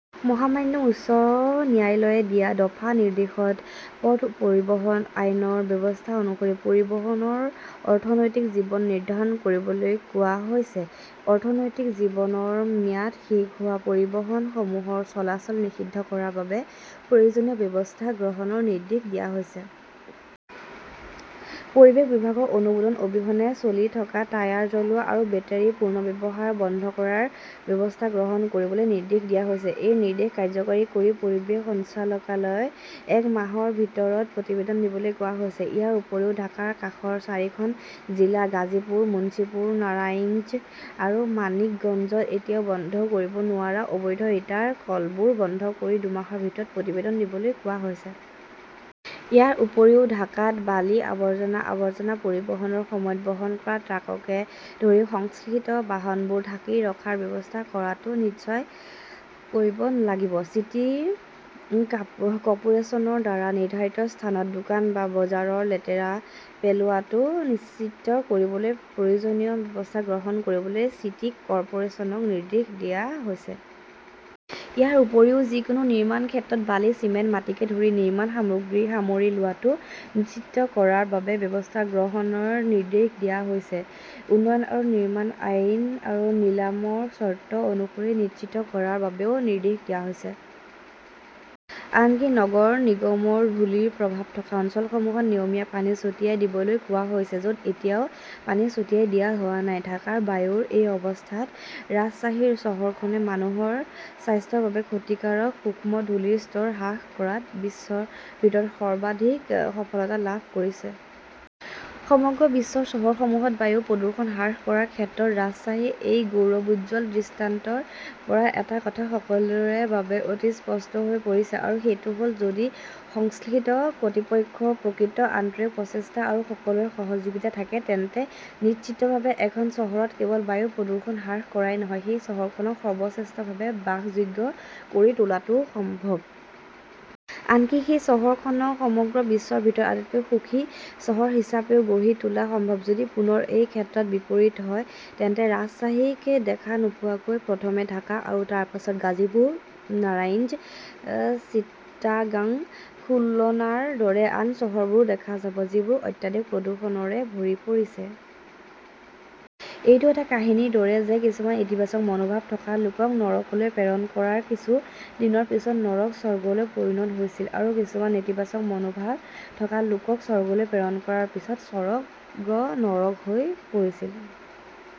মহামান্য উচ্চ ন্যায়ালয়ে দিয়া দফা নিৰ্দেশত পথ পৰিবহণ আইনৰ ব্যৱস্থা অনুসৰি পৰিবহণৰ 'অৰ্থনৈতিক জীৱন "নিৰ্ধাৰণ কৰিবলৈ কোৱা হৈছে। অৰ্থনৈতিক জীৱনৰ ম্যাদ শেষ হোৱা পৰিবহণসমূহৰ চলাচল নিষিদ্ধ কৰাৰ বাবে প্ৰয়োজনীয় ব্যৱস্থা গ্ৰহণৰ নিৰ্দেশ দিয়া হৈছে। পৰিৱেশ বিভাগৰ অনুমোদন অবিহনে চলি থকা টায়াৰ জ্বলোৱা আৰু বেটাৰি পুনৰ্ব্যৱহাৰ বন্ধ কৰাৰ ব্যৱস্থা গ্ৰহণ কৰিবলৈ নিৰ্দেশ দিয়া হৈছে। এই নিৰ্দেশ কাৰ্যকৰী কৰি পৰিৱেশ সঞ্চালকালয়ক এক মাহৰ ভিতৰত প্ৰতিবেদন দিবলৈ কোৱা হৈছে। ইয়াৰ উপৰিও ঢাকাৰ কাষৰ চাৰিখন জিলা গাজীপুৰ, মুন্সিগঞ্জ, নাৰাংইজ আৰু মানিকগঞ্জত এতিয়াও বন্ধ কৰিব নোৱাৰা অবৈধ ইটাৰ কলবোৰ বন্ধ কৰি দুমাহৰ ভিতৰত প্ৰতিবেদন দিবলৈ কোৱা হৈছে। ইয়াৰ উপৰিও ঢাকাত বালি, আৱৰ্জনা, আৱৰ্জনা পৰিবহণৰ সময়ত বহন কৰা ট্ৰাককে ধৰি সংশ্লিষ্ট বাহনবোৰ ঢাকি ৰখাৰ ব্যৱস্থা কৰাটো নিশ্চিত কৰিব লাগিব। চিটি কৰ্পোৰেচনৰ দ্বাৰা নিৰ্ধাৰিত স্থানত দোকান বা বজাৰৰ লেতেৰা পেলোৱাটো নিশ্চিত কৰিবলৈ প্ৰয়োজনীয় ব্যৱস্থা গ্ৰহণ কৰিবলৈ চিটি কৰ্পোৰেচনক নিৰ্দেশ দিয়া হৈছে। ইয়াৰ উপৰিও যিকোনো নিৰ্মাণ ক্ষেত্ৰত বালি, চিমেণ্ট, মাটিকে ধৰি নিৰ্মাণ সামগ্ৰী সামৰি লোৱাটো নিশ্চিত কৰাৰ বাবে ব্যৱস্থা গ্ৰহণৰ নিৰ্দেশ দিয়া হৈছে। উন্নয়ন আৰু নিৰ্মাণ আইন আৰু নিলামৰ চৰ্ত অনুসৰি নিশ্চিত কৰাৰ বাবেও নিৰ্দেশ দিয়া হৈছে। আনকি নগৰ নিগমৰ ধূলিৰ প্ৰভাৱ থকা অঞ্চলসমূহত নিয়মীয়া পানী ছটিয়াই দিবলৈ কোৱা হৈছে য 'ত এতিয়াও পানী ছটিয়াই দিয়া হোৱা নাই। ঢাকাৰ বায়ুৰ এই অৱস্থাত, ৰাজশ্বাহী চহৰখনে মানুহৰ স্বাস্থ্যৰ বাবে ক্ষতিকাৰক সূক্ষ্ম ধূলিৰ স্তৰ হ্ৰাস কৰাত বিশ্বৰ ভিতৰত সৰ্বাধিক সফলতা লাভ কৰিছে। সমগ্ৰ বিশ্বৰ চহৰসমূহত বায়ু প্ৰদূষণ হ্ৰাস কৰাৰ ক্ষেত্ৰত ৰাজশ্বাহীৰ এই গৌৰৱোজ্জ্বল দৃষ্টান্তৰ পৰা এটা কথা সকলোৰে বাবে অতি স্পষ্ট হৈ পৰিছে। আৰু সেইটো হ 'ল, যদি সংশ্লিষ্ট কৰ্তৃপক্ষৰ প্ৰকৃত আন্তৰিক প্ৰচেষ্টা আৰু সকলোৰে সহযোগিতা থাকে, তেন্তে নিশ্চিতভাৱে এখন চহৰত কেৱল বায়ু প্ৰদূষণ হ্ৰাস কৰাই নহয়, সেই চহৰখনক সৰ্বশ্ৰেষ্ঠভাৱে বাসযোগ্য কৰি তোলাটোও সম্ভৱ। আনকি সেই চহৰখনক সমগ্ৰ বিশ্বৰ ভিতৰত আটাইতকৈ সুখী চহৰ হিচাপেও গঢ়ি তোলা সম্ভৱ। যদি পুনৰ এই ক্ষেত্ৰত বিপৰীত হয়, তেন্তে ৰাজশ্বাহীক দেখা নোপোৱাকৈ প্ৰথমে ঢাকা আৰু তাৰ পিছত গাজীপুৰ, নাৰাংইজ, চিটাগং, খুলনাৰ দৰে আন চহৰবোৰ দেখা যাব যিবোৰ অত্যাধিক প্ৰদূষণৰে ভৰি পৰিছে। এইটো এটা কাহিনীৰ দৰে যে কিছুমান ইতিবাচক মনোভাৱ থকা লোকক নৰকলৈ প্ৰেৰণ কৰাৰ কিছু দিনৰ পিছত নৰক স্বৰ্গলৈ পৰিণত হৈছিল আৰু কিছুমান নেতিবাচক মনোভাৱ থকা লোকক স্বৰ্গলৈ প্ৰেৰণ কৰাৰ পিছত স্বৰ্গ নৰক হৈ পৰিছিল।